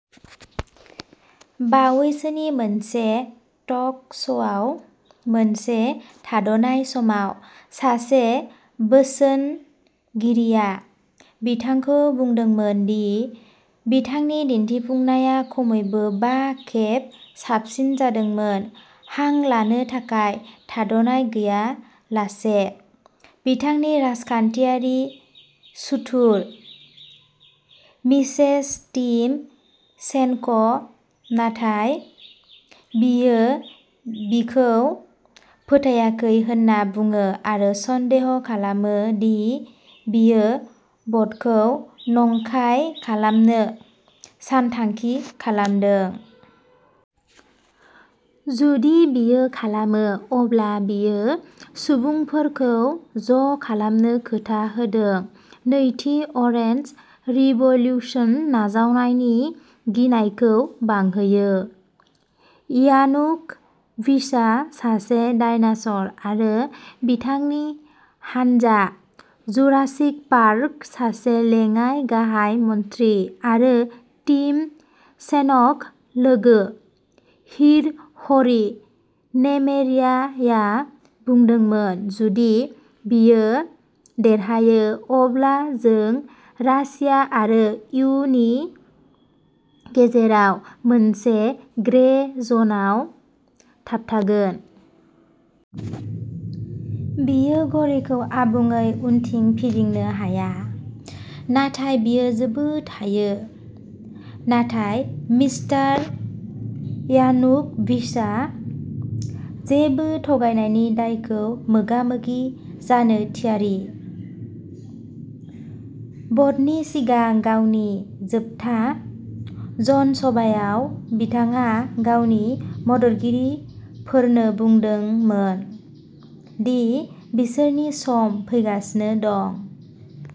बावैसोनि मोनसे टक श'आव मोनसे थाद'नाय समाव, सासे बोसोनगिरिया बिथांखौ बुंदोंमोन दि बिथांनि दिन्थिफुंनाया खमैबो बा खेब "साबसिन" जादोंमोन, हां लानो थाखाय थाद'नाय गैयालासे। बिथांनि राजखान्थियारि सुथुर, मिसेस टिम'शेन्क', नाथाय, बियो बिखौ फोथायाखै होनना बुङो, आरो सन्देह खालामो दि बियो भटखौ नंखाय खालामनो सानथांखि खालामदों। जुदि बियो खालामो, अब्ला बियो सुबुंफोरखौ ज'खालामनो खोथा होदों, नैथि अरेन्ज रिभ'लिउसन नाजावनायनि गिनायखौ बांहोयो। "यानुक'विचआ सासे डायनास'र आरो बिथांनि हानजा जुरासिक पार्क", सासे लेङाइ गाहाय मन्थ्रि आरो टिम'शेन्क'लोगो ह्रिह'रि नेमेरियाया बुंदोंमोन। "जुदि बियो देरहायो अब्ला जों रासिया आरो इयुनि गेजेराव मोनसे ग्रे जनआव थाबथागोन। बियो घड़ीखौ आबुङै उनथिं फिदिंनो हाया नाथाय बियो जोबोद हायो। " नाथाय मिस्टार यानुक'विचआ जेबो थगायनायनि दायखौ मोगा-मोगि जानो थियारि। भटनि सिगां गावनि जोबथा जनसभायाव, बिथाङा गावनि मददगिरिफोरनो बुंदोंमोन दि बिसोरनि सम फैगासिनो दं।